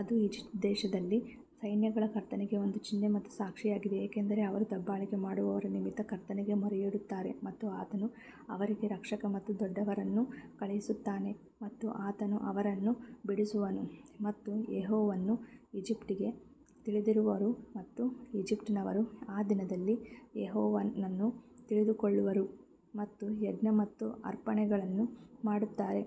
ಅದು ಈಜಿಪ್ಟ್ ದೇಶದಲ್ಲಿ ಸೈನ್ಯಗಳ ಕರ್ತನಿಗೆ ಒಂದು ಚಿಹ್ನೆ ಮತ್ತು ಸಾಕ್ಷಿಯಾಗಿದೆ ಏಕೆಂದರೆ ಅವರು ದಬ್ಬಾಳಿಕೆ ಮಾಡುವವರ ನಿಮಿತ್ತ ಕರ್ತನಿಗೆ ಮೊರೆಯಿಡುತ್ತಾರೆ ಮತ್ತು ಆತನು ಅವರಿಗೆ ರಕ್ಷಕ ಮತ್ತು ದೊಡ್ಡವರನ್ನು ಕಳುಹಿಸುತ್ತಾನೆ ಮತ್ತು ಆತನು ಅವರನ್ನು ಬಿಡಿಸುವನು. ಮತ್ತು ಯೆಹೋವನು ಈಜಿಪ್ಟಿಗೆ ತಿಳಿದಿರುವರು ಮತ್ತು ಈಜಿಪ್ಟಿನವರು ಆ ದಿನದಲ್ಲಿ ಯೆಹೋವನನ್ನು ತಿಳಿದುಕೊಳ್ಳುವರು ಮತ್ತು ಯಜ್ಞ ಮತ್ತು ಅರ್ಪಣೆಗಳನ್ನು ಮಾಡುತ್ತಾರೆ,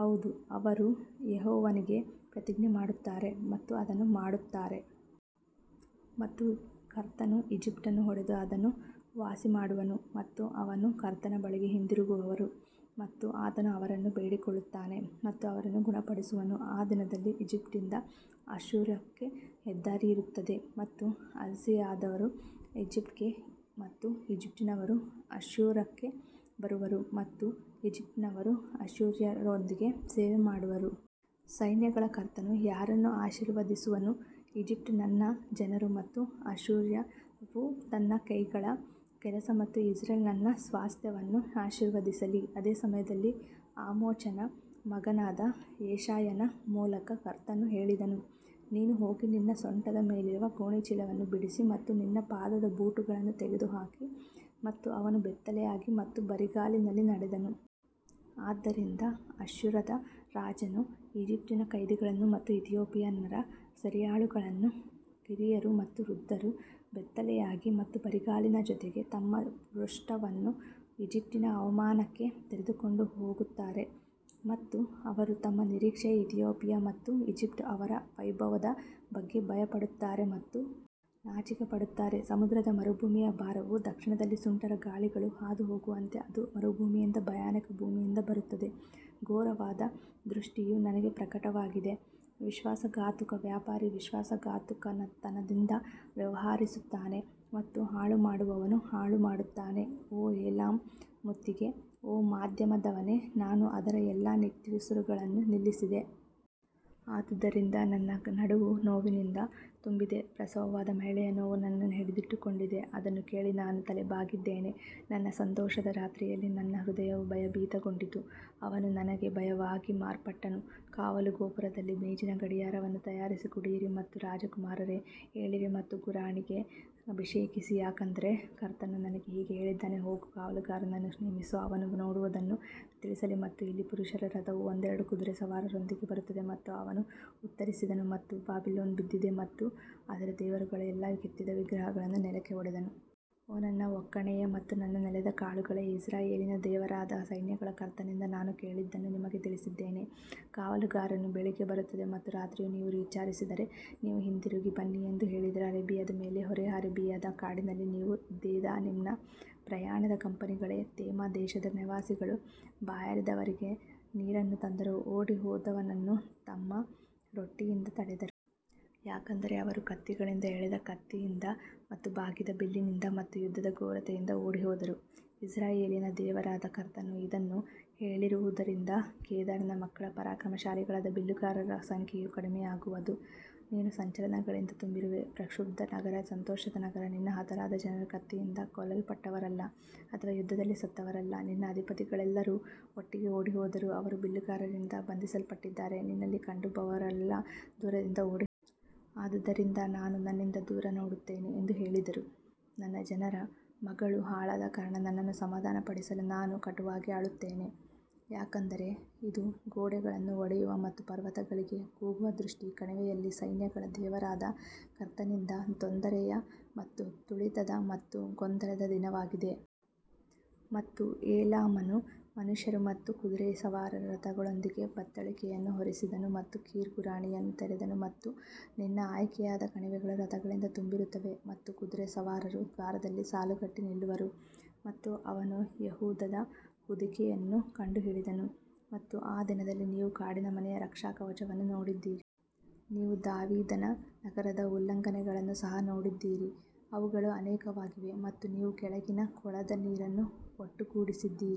ಹೌದು ಅವರು ಯೆಹೋವನಿಗೆ ಪ್ರತಿಜ್ಞೆ ಮಾಡುತ್ತಾರೆ ಮತ್ತು ಅದನ್ನು ಮಾಡುತ್ತಾರೆ. ಮತ್ತು ಕರ್ತನು ಈಜಿಪ್ಟನ್ನು ಹೊಡೆದು ಅದನ್ನು ವಾಸಿಮಾಡುವನು ಮತ್ತು ಅವರು ಕರ್ತನ ಬಳಿಗೆ ಹಿಂದಿರುಗುವರು ಮತ್ತು ಆತನು ಅವರನ್ನು ಬೇಡಿಕೊಳ್ಳುತ್ತಾನೆ ಮತ್ತು ಅವರನ್ನು ಗುಣಪಡಿಸುವನು. ಆ ದಿನದಲ್ಲಿ ಈಜಿಪ್ಟ್ನಿಂದ ಅಶ್ಶೂರಕ್ಕೆ ಹೆದ್ದಾರಿ ಇರುತ್ತದೆ ಮತ್ತು ಅಸಿರಿಯಾದವರು ಈಜಿಪ್ಟ್ಗೆ ಮತ್ತು ಈಜಿಪ್ಟಿನವರು ಅಶ್ಶೂರಕ್ಕೆ ಬರುವರು ಮತ್ತು ಈಜಿಪ್ಟಿನವರು ಅಶ್ಶೂರ್ಯರೊಂದಿಗೆ ಸೇವೆ ಮಾಡುವರು. ಸೈನ್ಯಗಳ ಕರ್ತನು ಯಾರನ್ನು ಆಶೀರ್ವದಿಸುವನು, ಈಜಿಪ್ಟ್ ನನ್ನ ಜನರು ಮತ್ತು ಅಶ್ಶೂರವು ನನ್ನ ಕೈಗಳ ಕೆಲಸ ಮತ್ತು ಇಸ್ರೇಲ್ ನನ್ನ ಸ್ವಾಸ್ತ್ಯವನ್ನು ಆಶೀರ್ವದಿಸಲಿ ಅದೇ ಸಮಯದಲ್ಲಿ ಆಮೋಚನ ಮಗನಾದ ಯೆಶಾಯನ ಮೂಲಕ ಕರ್ತನು ಹೇಳಿದನು, ನೀನು ಹೋಗಿ ನಿನ್ನ ಸೊಂಟದ ಮೇಲಿರುವ ಗೋಣಿಚೀಲವನ್ನು ಬಿಡಿಸಿ ಮತ್ತು ನಿನ್ನ ಪಾದದ ಬೂಟುಗಳನ್ನು ತೆಗೆದುಹಾಕಿ ಮತ್ತು ಅವನು ಬೆತ್ತಲೆಯಾಗಿ ಮತ್ತು ಬರಿಗಾಲಿನಲ್ಲಿ ನಡೆದನು. ಆದ್ದರಿಂದ ಅಶ್ಶೂರದ ರಾಜನು ಈಜಿಪ್ಟಿನ ಕೈದಿಗಳನ್ನು ಮತ್ತು ಇಥಿಯೋಪಿಯನ್ನರ ಸೆರೆಯಾಳುಗಳನ್ನು ಕಿರಿಯರು ಮತ್ತು ವೃದ್ಧರು ಬೆತ್ತಲೆಯಾಗಿ ಮತ್ತು ಬರಿಗಾಲಿನ ಜೊತೆಗೆ ತಮ್ಮ ಪೃಷ್ಠವನ್ನು ಈಜಿಪ್ಟಿನ ಅವಮಾನಕ್ಕೆ ತೆರೆದುಕೊಂಡು ಹೋಗುತ್ತಾರೆ. ಮತ್ತು ಅವರು ತಮ್ಮ ನಿರೀಕ್ಷೆಯ ಇಥಿಯೋಪಿಯಾ ಮತ್ತು ಈಜಿಪ್ಟ್ ಅವರ ವೈಭವದ ಬಗ್ಗೆ ಭಯಪಡುತ್ತಾರೆ ಮತ್ತು ನಾಚಿಕೆಪಡುತ್ತಾರೆ ಸಮುದ್ರದ ಮರುಭೂಮಿಯ ಭಾರವು ದಕ್ಷಿಣದಲ್ಲಿ ಸುಂಟರಗಾಳಿಗಳು ಹಾದುಹೋಗುವಂತೆ ಅದು ಮರುಭೂಮಿಯಿಂದ ಭಯಾನಕ ಭೂಮಿಯಿಂದ ಬರುತ್ತದೆ ಘೋರವಾದ ದೃಷ್ಟಿಯು ನನಗೆ ಪ್ರಕಟವಾಗಿದೆ ವಿಶ್ವಾಸಘಾತುಕ ವ್ಯಾಪಾರಿ ವಿಶ್ವಾಸಘಾತುಕತನದಿಂದ ವ್ಯವಹರಿಸುತ್ತಾನೆ ಮತ್ತು ಹಾಳುಮಾಡುವವನು ಹಾಳುಮಾಡುತ್ತಾನೆ ಓ ಏಲಾಮ್ ಮುತ್ತಿಗೆ ಓ ಮಾಧ್ಯಮದವನೇ ನಾನು ಅದರ ಎಲ್ಲಾ ನಿಟ್ಟುಸಿರುಗಳನ್ನು ನಿಲ್ಲಿಸಿದೆ ಆದುದರಿಂದ ನನ್ನ ನಡುವು ನೋವಿನಿಂದ ತುಂಬಿದೆ, ಪ್ರಸವವಾದ ಮಹಿಳೆಯ ನೋವು ನನ್ನನ್ನು ಹಿಡಿದಿಟ್ಟುಕೊಂಡಿದೆ, ಅದನ್ನು ಕೇಳಿ ನಾನು ತಲೆಬಾಗಿದ್ದೇನೆ ನನ್ನ ಸಂತೋಷದ ರಾತ್ರಿಯಲ್ಲಿ ನನ್ನ ಹೃದಯವು ಭಯಭೀತಗೊಂಡಿತು, ಅವನು ನನಗೆ ಭಯವಾಗಿ ಮಾರ್ಪಟ್ಟನು ಕಾವಲುಗೋಪುರದಲ್ಲಿ ಮೇಜಿನ ಗಡಿಯಾರವನ್ನು ತಯಾರಿಸಿ ಕುಡಿಯಿರಿ ಮತ್ತು ರಾಜಕುಮಾರರೇ ಏಳಿರಿ ಮತ್ತು ಗುರಾಣಿಗೆ ಅಭಿಷೇಕಿಸಿ ಯಾಕಂದರೆ ಕರ್ತನು ನನಗೆ ಹೀಗೆ ಹೇಳಿದ್ದಾನೆ, ಹೋಗು ಕಾವಲುಗಾರನನ್ನು ನೇಮಿಸು ಅವನು ನೋಡುವದನ್ನು ತಿಳಿಸಲಿ ಮತ್ತು ಇಲ್ಲಿ ಪುರುಷರ ರಥವು ಒಂದೆರಡು ಕುದುರೆ ಸವಾರರೊಂದಿಗೆ ಬರುತ್ತದೆ ಮತ್ತು ಅವನು ಉತ್ತರಿಸಿದನು ಮತ್ತು ಬಾಬಿಲೋನ್ ಬಿದ್ದಿದೆ ಮತ್ತು ಅದರ ದೇವರುಗಳ ಎಲ್ಲಾ ಕೆತ್ತಿದ ವಿಗ್ರಹಗಳನ್ನು ನೆಲಕ್ಕೆ ಒಡೆದನು. ಓ ನನ್ನ ಒಕ್ಕಣೆಯೇ ಮತ್ತು ನನ್ನ ನೆಲದ ಕಾಳುಗಳೇ, ಇಸ್ರಾಯೇಲಿನ ದೇವರಾದ ಸೈನ್ಯಗಳ ಕರ್ತನಿಂದ ನಾನು ಕೇಳಿದ್ದನ್ನು ನಿಮಗೆ ತಿಳಿಸಿದ್ದೇನೆ. ಕಾವಲುಗಾರನು ಬೆಳಿಗ್ಗೆ ಬರುತ್ತದೆ ಮತ್ತು ರಾತ್ರಿಯೂ ನೀವು ವಿಚಾರಿಸಿದರೆ ನೀವು ಹಿಂತಿರುಗಿ ಬನ್ನಿ ಎಂದು ಹೇಳಿದರು ಅರೇಬಿಯಾದ ಮೇಲೆ ಹೊರೆ ಅರೇಬಿಯಾದ ಕಾಡಿನಲ್ಲಿ ನೀವು ದೆದಾನಿಮ್ನ ಪ್ರಯಾಣದ ಕಂಪನಿಗಳೇ ತೇಮಾ ದೇಶದ ನಿವಾಸಿಗಳು ಬಾಯಾರಿದವನಿಗೆ ನೀರನ್ನು ತಂದರು, ಓಡಿಹೋದವನನ್ನು ತಮ್ಮ ರೊಟ್ಟಿಯಿಂದ ತಡೆದರು. ಯಾಕಂದರೆ ಅವರು ಕತ್ತಿಗಳಿಂದ ಎಳೆದ ಕತ್ತಿಯಿಂದ ಮತ್ತು ಬಾಗಿದ ಬಿಲ್ಲಿನಿಂದ ಮತ್ತು ಯುದ್ಧದ ಘೋರತೆಯಿಂದ ಓಡಿಹೋದರು. ಇಸ್ರಾಯೇಲಿನ ದೇವರಾದ ಕರ್ತನು ಇದನ್ನು ಹೇಳಿರುವದರಿಂದ ಕೇದಾರನ ಮಕ್ಕಳ ಪರಾಕ್ರಮಶಾಲಿಗಳಾದ ಬಿಲ್ಲುಗಾರರ ಸಂಖ್ಯೆಯು ಕಡಿಮೆಯಾಗುವದು. ನೀನು ಸಂಚಲನಗಳಿಂದ ತುಂಬಿರುವೆ, ಪ್ರಕ್ಷುಬ್ಧ ನಗರ, ಸಂತೋಷದ ನಗರ, ನಿನ್ನ ಹತರಾದ ಜನರು ಕತ್ತಿಯಿಂದ ಕೊಲ್ಲಲ್ಪಟ್ಟವರಲ್ಲ ಅಥವಾ ಯುದ್ಧದಲ್ಲಿ ಸತ್ತವರಲ್ಲ ನಿನ್ನ ಅಧಿಪತಿಗಳೆಲ್ಲರೂ ಒಟ್ಟಿಗೆ ಓಡಿಹೋದರು ಅವರು ಬಿಲ್ಲುಗಾರರಿಂದ ಬಂಧಿಸಲ್ಪಟ್ಟಿದ್ದಾರೆ, ನಿನ್ನಲ್ಲಿ ಕಂಡುಬರುವವರೆಲ್ಲರೂ ದೂರದಿಂದ ಓಡಿಹೋದರು. ಆದುದರಿಂದ ನಾನು ನನ್ನಿಂದ ದೂರ ನೋಡುತ್ತೇನೆ ಎಂದು ಹೇಳಿದರು, ನನ್ನ ಜನರ ಮಗಳು ಹಾಳಾದ ಕಾರಣ ನನ್ನನ್ನು ಸಮಾಧಾನಪಡಿಸಲು ನಾನು ಕಟುವಾಗಿ ಅಳುತ್ತೇನೆ. ಯಾಕಂದರೆ ಇದು ಗೋಡೆಗಳನ್ನು ಒಡೆಯುವ ಮತ್ತು ಪರ್ವತಗಳಿಗೆ ಕೂಗುವ ದೃಷ್ಟಿ ಕಣಿವೆಯಲ್ಲಿ ಸೈನ್ಯಗಳ ದೇವರಾದ ಕರ್ತನಿಂದ ತೊಂದರೆಯ ಮತ್ತು ತುಳಿತದ ಮತ್ತು ಗೊಂದಲದ ದಿನವಾಗಿದೆ. ಮತ್ತು ಏಲಾಮನು ಮನುಷ್ಯರು ಮತ್ತು ಕುದುರೆ ಸವಾರರ ರಥಗಳೊಂದಿಗೆ ಬತ್ತಳಿಕೆಯನ್ನು ಹೊರಿಸಿದನು ಮತ್ತು ಕೀರ್ ಗುರಾಣಿಯನ್ನು ತೆರೆದನು. ಮತ್ತು ನಿನ್ನ ಆಯ್ಕೆಯಾದ ಕಣಿವೆಗಳು ರಥಗಳಿಂದ ತುಂಬಿರುತ್ತವೆ ಮತ್ತು ಕುದುರೆ ಸವಾರರು ದ್ವಾರದಲ್ಲಿ ಸಾಲುಗಟ್ಟಿ ನಿಲ್ಲುವರು. ಮತ್ತು ಅವನು ಯೆಹೂದದ ಹೊದಿಕೆಯನ್ನು ಕಂಡುಹಿಡಿದನು ಮತ್ತು ಆ ದಿನದಲ್ಲಿ ನೀವು ಕಾಡಿನ ಮನೆಯ ರಕ್ಷಾಕವಚವನ್ನು ನೋಡಿದ್ದೀರಿ. ನೀವು ದಾವೀದನ ನಗರದ ಉಲ್ಲಂಘನೆಗಳನ್ನು ಸಹ ನೋಡಿದ್ದೀರಿ, ಅವುಗಳು ಅನೇಕವಾಗಿವೆ ಮತ್ತು ನೀವು ಕೆಳಗಿನ ಕೊಳದ ನೀರನ್ನು ಒಟ್ಟುಗೂಡಿಸಿದ್ದೀರಿ.